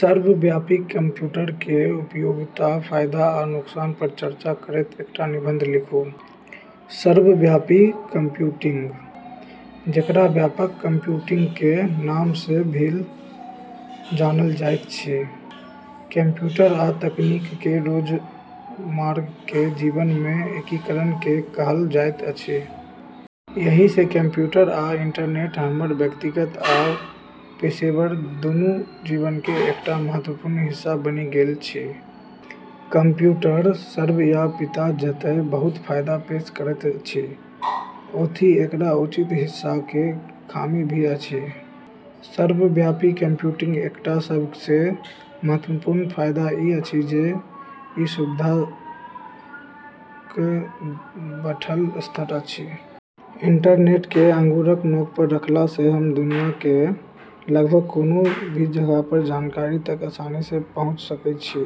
सर्वव्यापी कम्प्यूटर उपयोगक फायदा आ नुकसान पर चर्चा करैत एकटा निबंध लिखू सर्वव्यापी कंप्यूटिंग, जेकरा व्यापक कंप्यूटिंगक नाम सँ भी जानल जाइत अछि, कंप्यूटर आ तकनीकक रोजमर्राक जीवन मे एकीकरण केँ कहल जाइत अछि। एहि सँ कंप्यूटर आ इंटरनेट हमर व्यक्तिगत आ पेशेवर दुनू जीवनक एकटा महत्वपूर्ण हिस्सा बनि गेल अछि। कम्प्यूटरक सर्वव्यापीता जतए बहुत फायदा पेश करैत अछि, ओतहि एकर उचित हिस्साक खामी भी अछि। सर्वव्यापी कंप्यूटिंगक एकटा सब सँ महत्वपूर्ण फायदा ई अछि जे ई सुविधाक बढ़ल स्तर अछि। इंटरनेट केँ आँगुरक नोक पर रखला सँ हम दुनियाक लगभग कोनो भी जगह सँ जानकारी तक आसानी सँ पहुँची सकैत छी,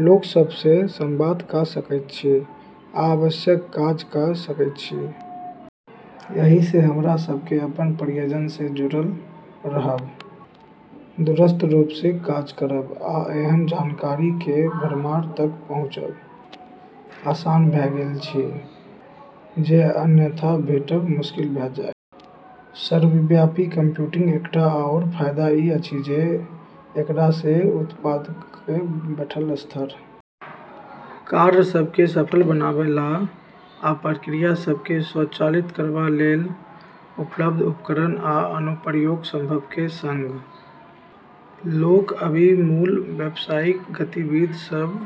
लोक सभ सँ संवाद कऽ सकैत छी, आ आवश्यक काज कऽ सकैत छी। एहि सँ हमरा सभ केँ अपन प्रियजन सँ जुड़ल रहब, दूरस्थ रूप सँ काज करब, आ एहन जानकारीक भरमार तक पहुँचब आसान भऽ गेल अछि जे अन्यथा भेटब मुश्किल भऽ जाइत। सर्वव्यापी कंप्यूटिंगक एकटा आउर फायदा ई अछि जे एकरा सँ उत्पादकताक बढ़ल स्तर। कार्य सभ केँ सरल बनाबबा आ प्रक्रिया सभ केँ स्वचालित करबा लेल उपलब्ध उपकरण आ अनुप्रयोग सभक सँग, लोक अबि मूल व्यवसायिक गतिविध सभ,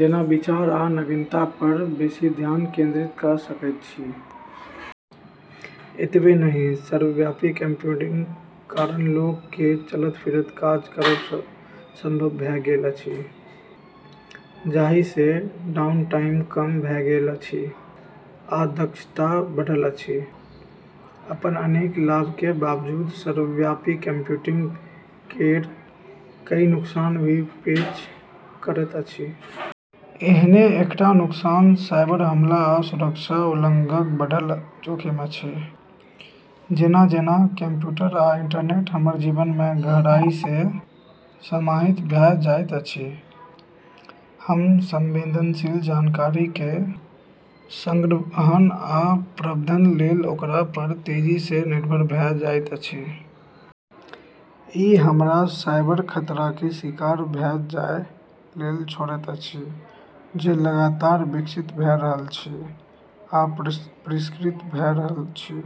जेना विचार आ नवीनता पर बेसि ध्यान केंद्रित कऽ सकैत अछि। एतबे नहि, सर्वव्यापी कंप्यूटिंगक कारण लोक केँ चलैत-फिरैत काज करब संभव भऽ गेल अछि, जाहि सँ डाउनटाइम कम भऽ गेल अछि आ दक्षता बढ़ल अछि। अपन अनेक लाभक बावजूद सर्वव्यापी कंप्यूटिंग केरऽ कई नुकसान भी पेश करैत अछि। एहने एकटा नुकसान साइबर-हमला आ सुरक्षा उल्लंघनक बढ़ल जोखिम अछि। जेना-जेना कंप्यूटर आ इंटरनेट हमर जीवन मे गहराई सँ समाहित भऽ जाइत अछि, हम संवेदनशील जानकारीक संग्रहण आ प्रबंधन लेल ओकरा पर तेजी सँ निर्भर भऽ जाइत छी। ई हमरा साइबर खतराक शिकार भऽ जाए लेल छोड़ैत अछि, जे लगातार विकसित भऽ रहल अछि आ परिष्कृत भऽ रहल अछि।